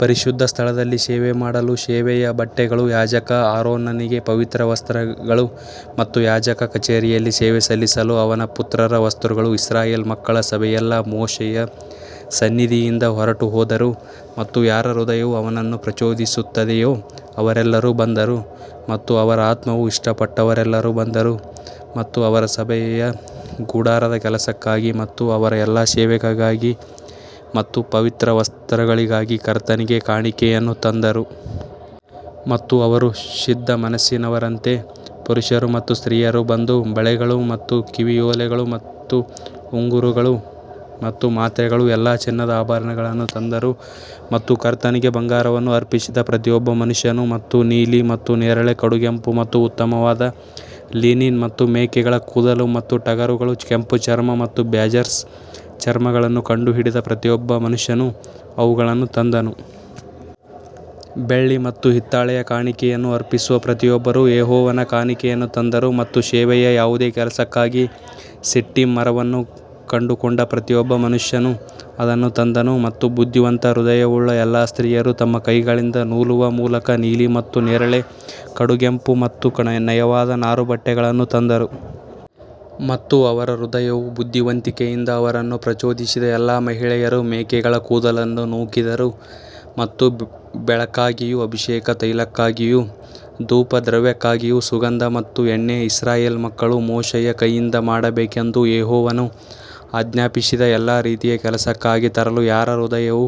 ಪರಿಶುದ್ಧ ಸ್ಥಳದಲ್ಲಿ ಸೇವೆ ಮಾಡಲು ಸೇವೆಯ ಬಟ್ಟೆಗಳು ಯಾಜಕ ಆರೋನನಿಗೆ ಪವಿತ್ರ ವಸ್ತ್ರಗಳು ಮತ್ತು ಯಾಜಕ ಕಚೇರಿಯಲ್ಲಿ ಸೇವೆ ಸಲ್ಲಿಸಲು ಅವನ ಪುತ್ರರ ವಸ್ತ್ರಗಳು ಇಸ್ರಾಯೇಲ್ ಮಕ್ಕಳ ಸಭೆಯೆಲ್ಲಾ ಮೋಶೆಯ ಸನ್ನಿಧಿಯಿಂದ ಹೊರಟುಹೋದರು ಮತ್ತು ಯಾರ ಹೃದಯವು ಅವನನ್ನು ಪ್ರಚೋದಿಸುತ್ತದೆಯೋ ಅವರೆಲ್ಲರೂ ಬಂದರು ಮತ್ತು ಅವರ ಆತ್ಮವು ಇಷ್ಟಪಟ್ಟವರೆಲ್ಲರೂ ಬಂದರು ಮತ್ತು ಅವರು ಸಭೆಯ ಗುಡಾರದ ಕೆಲಸಕ್ಕಾಗಿ ಮತ್ತು ಅವರ ಎಲ್ಲಾ ಸೇವೆಗಾಗಿ ಮತ್ತು ಪವಿತ್ರ ವಸ್ತ್ರಗಳಿಗಾಗಿ ಕರ್ತನಿಗೆ ಕಾಣಿಕೆಯನ್ನು ತಂದರು. ಮತ್ತು ಅವರು ಸಿದ್ಧಮನಸ್ಸಿನವರಂತೆ ಪುರುಷರು ಮತ್ತು ಸ್ತ್ರೀಯರು ಬಂದು ಬಳೆಗಳು ಮತ್ತು ಕಿವಿಯೋಲೆಗಳು ಮತ್ತು ಉಂಗುರಗಳು ಮತ್ತು ಮಾತ್ರೆಗಳು ಎಲ್ಲಾ ಚಿನ್ನದ ಆಭರಣಗಳನ್ನು ತಂದರು ಮತ್ತು ಕರ್ತನಿಗೆ ಬಂಗಾರವನ್ನು ಅರ್ಪಿಸಿದ ಪ್ರತಿಯೊಬ್ಬ ಮನುಷ್ಯನು. ಮತ್ತು ನೀಲಿ ಮತ್ತು ನೇರಳೆ, ಕಡುಗೆಂಪು ಮತ್ತು ಉತ್ತಮವಾದ ಲಿನಿನ್ ಮತ್ತು ಮೇಕೆಗಳ ಕೂದಲು ಮತ್ತು ಟಗರುಗಳ ಕೆಂಪು ಚರ್ಮ ಮತ್ತು ಬ್ಯಾಜರ್ಸ್ ಚರ್ಮಗಳನ್ನು ಕಂಡುಹಿಡಿದ ಪ್ರತಿಯೊಬ್ಬ ಮನುಷ್ಯನು ಅವುಗಳನ್ನು ತಂದನು. ಬೆಳ್ಳಿ ಮತ್ತು ಹಿತ್ತಾಳೆಯ ಕಾಣಿಕೆಯನ್ನು ಅರ್ಪಿಸುವ ಪ್ರತಿಯೊಬ್ಬರೂ ಯೆಹೋವನ ಕಾಣಿಕೆಯನ್ನು ತಂದರು ಮತ್ತು ಸೇವೆಯ ಯಾವುದೇ ಕೆಲಸಕ್ಕಾಗಿ ಶಿಟ್ಟಿಮ್ ಮರವನ್ನು ಕಂಡುಕೊಂಡ ಪ್ರತಿಯೊಬ್ಬ ಮನುಷ್ಯನು ಅದನ್ನು ತಂದನು. ಮತ್ತು ಬುದ್ಧಿವಂತ ಹೃದಯವುಳ್ಳ ಎಲ್ಲಾ ಸ್ತ್ರೀಯರು ತಮ್ಮ ಕೈಗಳಿಂದ ನೂಲುವ ಮೂಲಕ ನೀಲಿ ಮತ್ತು ನೇರಳೆ, ಕಡುಗೆಂಪು ಮತ್ತು ನಯವಾದ ನಾರುಬಟ್ಟೆಗಳನ್ನು ತಂದರು. ಮತ್ತು ಅವರ ಹೃದಯವು ಬುದ್ಧಿವಂತಿಕೆಯಿಂದ ಅವರನ್ನು ಪ್ರಚೋದಿಸಿದ ಎಲ್ಲಾ ಮಹಿಳೆಯರು ಮೇಕೆಗಳ ಕೂದಲನ್ನು ನೂಕಿದರು ಮತ್ತು ಬೆಳಕಿಗಾಗಿಯೂ ಅಭಿಷೇಕ ತೈಲಕ್ಕಾಗಿಯೂ ಧೂಪದ್ರವ್ಯಕ್ಕಾಗಿಯೂ ಸುಗಂಧ ಮತ್ತು ಎಣ್ಣೆ ಇಸ್ರಾಯೇಲ್ ಮಕ್ಕಳು ಮೋಶೆಯ ಕೈಯಿಂದ ಮಾಡಬೇಕೆಂದು ಯೆಹೋವನು ಆಜ್ಞಾಪಿಸಿದ ಎಲ್ಲಾ ರೀತಿಯ ಕೆಲಸಕ್ಕಾಗಿ ತರಲು ಯಾರ ಹೃದಯವು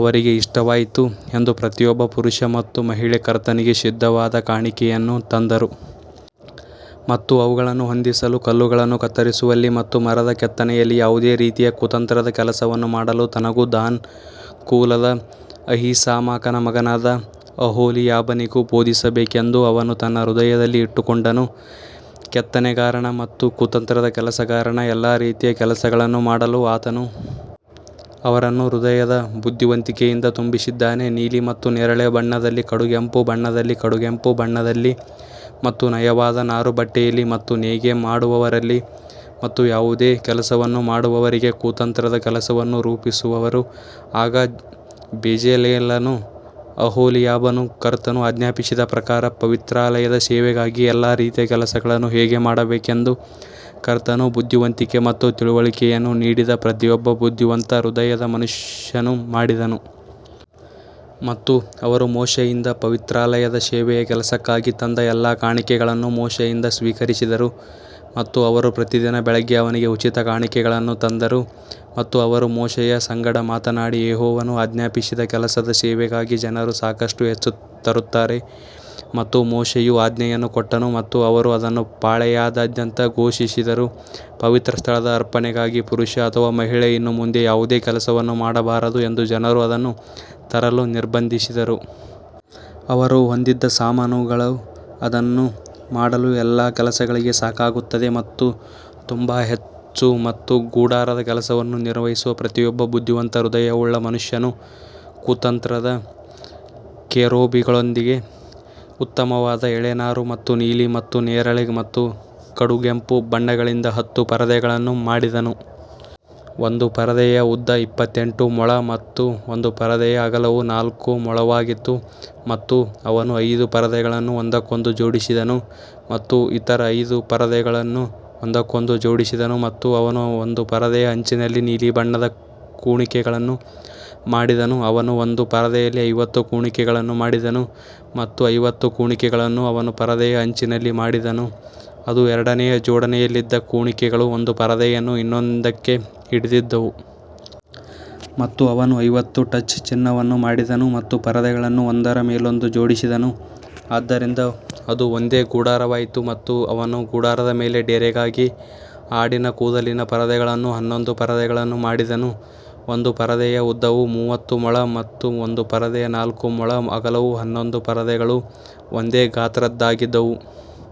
ಅವರಿಗೆ ಇಷ್ಟವಾಯಿತು ಎಂದು ಪ್ರತಿಯೊಬ್ಬ ಪುರುಷ ಮತ್ತು ಮಹಿಳೆ ಕರ್ತನಿಗೆ ಸಿದ್ಧವಾದ ಕಾಣಿಕೆಯನ್ನು ತಂದರು. ಮತ್ತು ಅವುಗಳನ್ನು ಹೊಂದಿಸಲು ಕಲ್ಲುಗಳನ್ನು ಕತ್ತರಿಸುವಲ್ಲಿ ಮತ್ತು ಮರದ ಕೆತ್ತನೆಯಲ್ಲಿ ಯಾವುದೇ ರೀತಿಯ ಕುತಂತ್ರದ ಕೆಲಸವನ್ನು ಮಾಡಲು ತನಗೂ ದಾನ್ ಕುಲದ ಅಹೀಸಾಮಾಕನ ಮಗನಾದ ಅಹೋಲಿಯಾಬನಿಗೂ ಬೋಧಿಸಬೇಕೆಂದು ಅವನು ತನ್ನ ಹೃದಯದಲ್ಲಿ ಇಟ್ಟುಕೊಂಡನು. ಕೆತ್ತನೆಗಾರನ ಮತ್ತು ಕುತಂತ್ರದ ಕೆಲಸಗಾರನ ಎಲ್ಲಾ ರೀತಿಯ ಕೆಲಸಗಳನ್ನು ಮಾಡಲು ಆತನು ಅವರನ್ನು ಹೃದಯದ ಬುದ್ಧಿವಂತಿಕೆಯಿಂದ ತುಂಬಿಸಿದ್ದಾನೆ, ನೀಲಿ ಮತ್ತು ನೇರಳೆ ಬಣ್ಣದಲ್ಲಿ ಕಡುಗೆಂಪು ಬಣ್ಣದಲ್ಲಿ ಕಡುಗೆಂಪು ಬಣ್ಣದಲ್ಲಿ ಮತ್ತು ನಯವಾದ ನಾರುಬಟ್ಟೆಯಲ್ಲಿ ಮತ್ತು ನೇಯ್ಗೆ ಮಾಡುವವರಲ್ಲಿ ಮತ್ತು ಯಾವುದೇ ಕೆಲಸವನ್ನು ಮಾಡುವವರಿಗೆ ಕುತಂತ್ರದ ಕೆಲಸವನ್ನು ರೂಪಿಸುವವರು ಆಗ ಬೆಜಲೇಲನೂ ಅಹೋಲಿಯಾಬನೂ ಕರ್ತನು ಆಜ್ಞಾಪಿಸಿದ ಪ್ರಕಾರ ಪವಿತ್ರಾಲಯದ ಸೇವೆಗಾಗಿ ಎಲ್ಲಾ ರೀತಿಯ ಕೆಲಸಗಳನ್ನು ಹೇಗೆ ಮಾಡಬೇಕೆಂದು ಕರ್ತನು ಬುದ್ಧಿವಂತಿಕೆ ಮತ್ತು ತಿಳುವಳಿಕೆಯನ್ನು ನೀಡಿದ ಪ್ರತಿಯೊಬ್ಬ ಬುದ್ಧಿವಂತ ಹೃದಯದ ಮನುಷ್ಯನು ಮಾಡಿದನು. ಮತ್ತು ಅವರು ಮೋಶೆಯಿಂದ ಪವಿತ್ರಾಲಯದ ಸೇವೆಯ ಕೆಲಸಕ್ಕಾಗಿ ತಂದ ಎಲ್ಲಾ ಕಾಣಿಕೆಗಳನ್ನು ಮೋಶೆಯಿಂದ ಸ್ವೀಕರಿಸಿದರು ಮತ್ತು ಅವರು ಪ್ರತಿದಿನ ಬೆಳಿಗ್ಗೆ ಅವನಿಗೆ ಉಚಿತ ಕಾಣಿಕೆಗಳನ್ನು ತಂದರು. ಮತ್ತು ಅವರು ಮೋಶೆಯ ಸಂಗಡ ಮಾತನಾಡಿ, ಯೆಹೋವನು ಆಜ್ಞಾಪಿಸಿದ ಕೆಲಸದ ಸೇವೆಗಾಗಿ ಜನರು ಸಾಕಷ್ಟು ಹೆಚ್ಚು ತರುತ್ತಾರೆ. ಮತ್ತು ಮೋಶೆಯು ಆಜ್ಞೆಯನ್ನು ಕೊಟ್ಟನು ಮತ್ತು ಅವರು ಅದನ್ನು ಪಾಳೆಯದಾದ್ಯಂತ ಘೋಷಿಸಿದರು, ಪವಿತ್ರ ಸ್ಥಳದ ಅರ್ಪಣೆಗಾಗಿ ಪುರುಷ ಅಥವಾ ಮಹಿಳೆ ಇನ್ನು ಮುಂದೆ ಯಾವುದೇ ಕೆಲಸವನ್ನು ಮಾಡಬಾರದು ಎಂದು ಜನರು ಅದನ್ನು ತರಲು ನಿರ್ಬಂಧಿಸಿದರು. ಅವರು ಹೊಂದಿದ್ದ ಸಾಮಾನುಗಳು ಅದನ್ನು ಮಾಡಲು ಎಲ್ಲಾ ಕೆಲಸಗಳಿಗೆ ಸಾಕಾಗುತ್ತದೆ ಮತ್ತು ತುಂಬಾ ಹೆಚ್ಚು ಮತ್ತು ಗುಡಾರದ ಕೆಲಸವನ್ನು ನಿರ್ವಹಿಸುವ ಪ್ರತಿಯೊಬ್ಬ ಬುದ್ಧಿವಂತ ಹೃದಯವುಳ್ಳ ಮನುಷ್ಯನು ಕುತಂತ್ರದ ಕೆರೂಬಿಗಳೊಂದಿಗೆ ಉತ್ತಮವಾದ ಎಳೆ ನಾರು ಮತ್ತು ನೀಲಿ ಮತ್ತು ನೇರಳೆ ಮತ್ತು ಕಡುಗೆಂಪು ಬಣ್ಣಗಳಿಂದ ಹತ್ತು ಪರದೆಗಳನ್ನು ಮಾಡಿದನು. ಒಂದು ಪರದೆಯ ಉದ್ದ ಇಪ್ಪತ್ತೆಂಟು ಮೊಳ ಮತ್ತು ಒಂದು ಪರದೆಯ ಅಗಲವು ನಾಲ್ಕು ಮೊಳವಾಗಿತ್ತು. ಮತ್ತು ಅವನು ಐದು ಪರದೆಗಳನ್ನು ಒಂದಕ್ಕೊಂದು ಜೋಡಿಸಿದನು ಮತ್ತು ಇತರ ಐದು ಪರದೆಗಳನ್ನು ಒಂದಕ್ಕೊಂದು ಜೋಡಿಸಿದನು ಮತ್ತು ಅವನು ಒಂದು ಪರದೆಯ ಅಂಚಿನಲ್ಲಿ ನೀಲಿ ಬಣ್ಣದ ಕುಣಿಕೆಗಳನ್ನು ಮಾಡಿದನು. ಅವನು ಒಂದು ಪರದೆಯಲ್ಲಿ ಐವತ್ತು ಕುಣಿಕೆಗಳನ್ನು ಮಾಡಿದನು ಮತ್ತು ಐವತ್ತು ಕುಣಿಕೆಗಳನ್ನು ಅವನು ಪರದೆಯ ಅಂಚಿನಲ್ಲಿ ಮಾಡಿದನು, ಅದು ಎರಡನೆಯ ಜೋಡಣೆಯಲ್ಲಿದ್ದ ಕುಣಿಕೆಗಳು ಒಂದು ಪರದೆಯನ್ನು ಇನ್ನೊಂದಕ್ಕೆ ಹಿಡಿದಿದ್ದವು. ಮತ್ತು ಅವನು ಐವತ್ತು ಟಚ್ ಚಿನ್ನವನ್ನು ಮಾಡಿದನು ಮತ್ತು ಪರದೆಗಳನ್ನು ಒಂದರ ಮೇಲೊಂದು ಜೋಡಿಸಿದನು, ಆದ್ದರಿಂದ ಅದು ಒಂದೇ ಗುಡಾರವಾಯಿತು. ಮತ್ತು ಅವನು ಗುಡಾರದ ಮೇಲೆ ಡೇರೆಗಾಗಿ ಆಡಿನ ಕೂದಲಿನ ಪರದೆಗಳನ್ನು ಹನ್ನೊಂದು ಪರದೆಗಳನ್ನು ಮಾಡಿದನು. ಒಂದು ಪರದೆಯ ಉದ್ದವು ಮೂವತ್ತು ಮೊಳ ಮತ್ತು ಒಂದು ಪರದೆಯ ನಾಲ್ಕು ಮೊಳ ಅಗಲವು ಹನ್ನೊಂದು ಪರದೆಗಳು ಒಂದೇ ಗಾತ್ರದ್ದಾಗಿದ್ದವು.